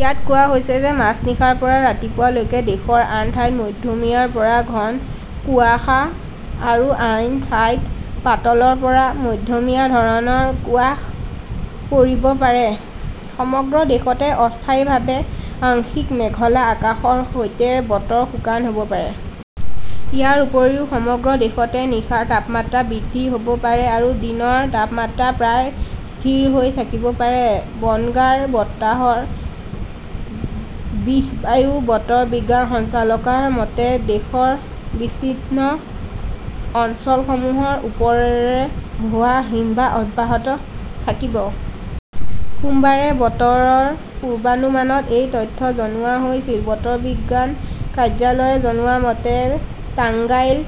ইয়াত কোৱা হৈছে যে, মাজনিশাৰ পৰা ৰাতিপুৱা লৈকে দেশৰ আন ঠাইত মধ্যমীয়াৰ পৰা ঘন কুয়াশা আৰু আন ঠাইত পাতলৰ পৰা মধ্যমীয়া ধৰণৰ কুয়াশ পৰিব পাৰে। সমগ্ৰ দেশতে অস্থায়ীভাৱে আংশিক মেঘলা আকাশৰ সৈতে বতৰ শুকান হ 'ব পাৰে। ইয়াৰ উপৰিও সমগ্ৰ দেশতে নিশাৰ তাপমাত্ৰা বৃদ্ধি হ 'ব পাৰে আৰু দিনৰ তাপমাত্ৰা প্ৰায় স্থিৰ হৈ থাকিব পাৰে। বনগাঁৰ বতাহত বিষ-বায়ু বতৰ বিজ্ঞান সঞ্চালকালয়ৰ মতে, দেশৰ বিচ্ছিন্ন অঞ্চলসমূহৰ ওপৰেৰে হোৱা হিমবাহ অব্যাহত থাকিব। সোমবাৰে বতৰৰ পূৰ্বানুমানত এই তথ্য জনোৱা হৈছিল। বতৰ বিজ্ঞান কাৰ্যালয়ে জনোৱা মতে, তাংগাইল,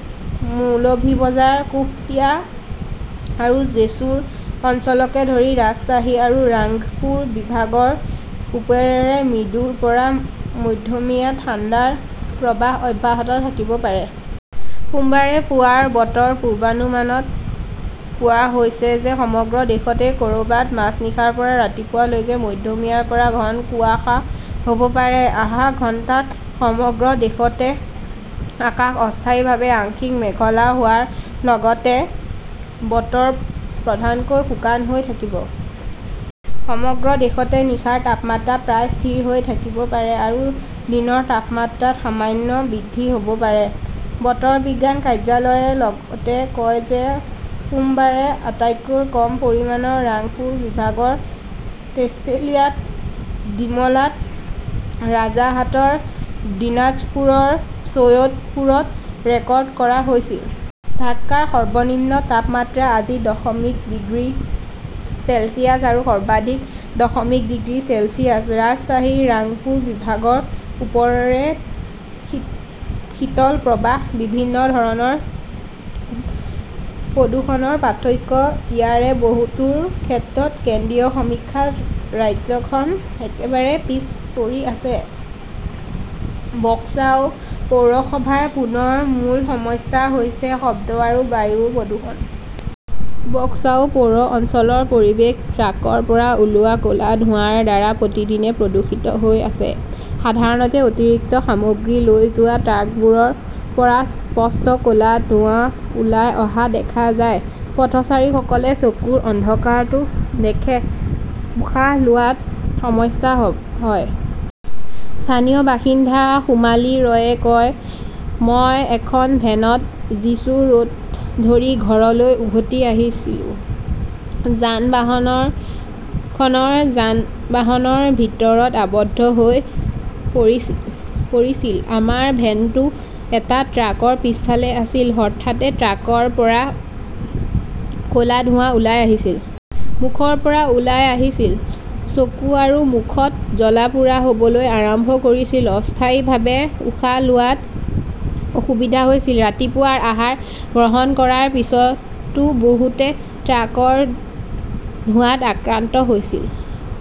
মৌলভি বজাৰ, কুশটিয়া আৰু জেছুৰ অঞ্চলকে ধৰি ৰাজশ্বাহী আৰু ৰাংপুৰ বিভাগৰ ওপৰেৰে মৃদুৰ পৰা মধ্যমীয়া ঠাণ্ডাৰ প্ৰৱাহ অব্যাহত থাকিব পাৰে। সোমবাৰে পুৱাৰ বতৰৰ পূৰ্বানুমানত কোৱা হৈছে যে ,সমগ্ৰ দেশতে ক'ৰবাত মাজনিশাৰ পৰা ৰাতিপুৱা লৈকে মধ্যমীয়াৰ পৰা ঘন কুয়াশা হ'ব পাৰে। অহা ঘণ্টাত সমগ্ৰ দেশতে আকাশ অস্থায়ীভাৱে আংশিক মেঘলা হোৱাৰ লগতে বতৰ প্ৰধানকৈ শুকান হৈ থাকিব। সমগ্ৰ দেশতে নিশাৰ তাপমাত্ৰা প্ৰায় স্থিৰ হৈ থাকিব পাৰে আৰু দিনৰ তাপমাত্ৰাত সামান্য বৃদ্ধি হ 'ব পাৰে। বতৰ বিজ্ঞান কাৰ্যালয়ে লগতে কয় যে সোমবাৰে আটাইতকৈ কম পৰিমাণৰ ৰাংপুৰ বিভাগৰ তেন্তুলিয়াত, ডিমলাত, ৰাজাৰহাটত দিনাজপুৰত আৰু চৈয়দপুৰত ৰেকৰ্ড কৰা হৈছিল। ঢাকাৰ সৰ্বনিম্ন তাপমাত্ৰা আজি দশমিক ডিগ্ৰী চেলছিয়াছ আৰু সৰ্বাধিক দশমিক ডিগ্ৰী চেলছিয়াছ। ৰাজশ্বাহী-ৰাংপুৰ বিভাগৰ ওপৰেৰে শীতল প্ৰৱাহ বিভিন্ন ধৰণৰ প্ৰদূষণৰ পাৰ্থক্য। ইয়াৰে বহুতোৰ ক্ষেত্ৰত কেন্দ্ৰীয় সমীক্ষাত ৰাজ্যখন একেবাৰে পিছ পৰি আছে। বঙ্গাও পৌৰসভাৰ পুনৰ মূল সমস্যা হৈছে শব্দ আৰু বায়ু প্ৰদূষণ। বকচাও পৌৰ অঞ্চলৰ পৰিৱেশ ট্ৰাকৰ পৰা ওলোৱা ক'লা ধোঁৱাৰ দ্বাৰা প্ৰতিদিনে প্ৰদূষিত হৈ আছে। সাধাৰণতে, অতিৰিক্ত সামগ্ৰী লৈ যোৱা ট্ৰাকবোৰৰ পৰা স্পষ্ট ক'লা ধোঁৱা ওলাই অহা দেখা যায়। পথচাৰীসকলে চকুৰ অন্ধকাৰটো দেখে, উশাহ লোৱাত সমস্যা হয়। স্থানীয় বাসিন্ধা সোমালী ৰয়ে কয়, "মই এখন ভেনত জেছুৰ ৰোড ধৰি ঘৰলৈ উভতি আহিছিলোঁ। যান-বাহনখন যান-বাহনৰ ভিৰত আবদ্ধ হৈ পৰিছিল। আমাৰ ভেনটো এটা ট্ৰাকৰ পিছফালে আছিল। হঠাতে ট্ৰাকখনৰ পৰা ক 'লা ধোঁৱা ওলাই আহিছিল। মুখৰ পৰা ওলাই আহিছিল। চকু আৰু মুখত জ্বলা-পোৰা হ'বলৈ আৰম্ভ কৰিছিল। অস্থায়ীভাৱে উশাহ লোৱাত অসুবিধা হৈছিল।" ৰাতিপুৱাৰ আহাৰ গ্ৰহণ কৰাৰ পিছতো বহুতে ট্ৰাকৰ ধোঁৱাত আক্ৰান্ত হৈছিল।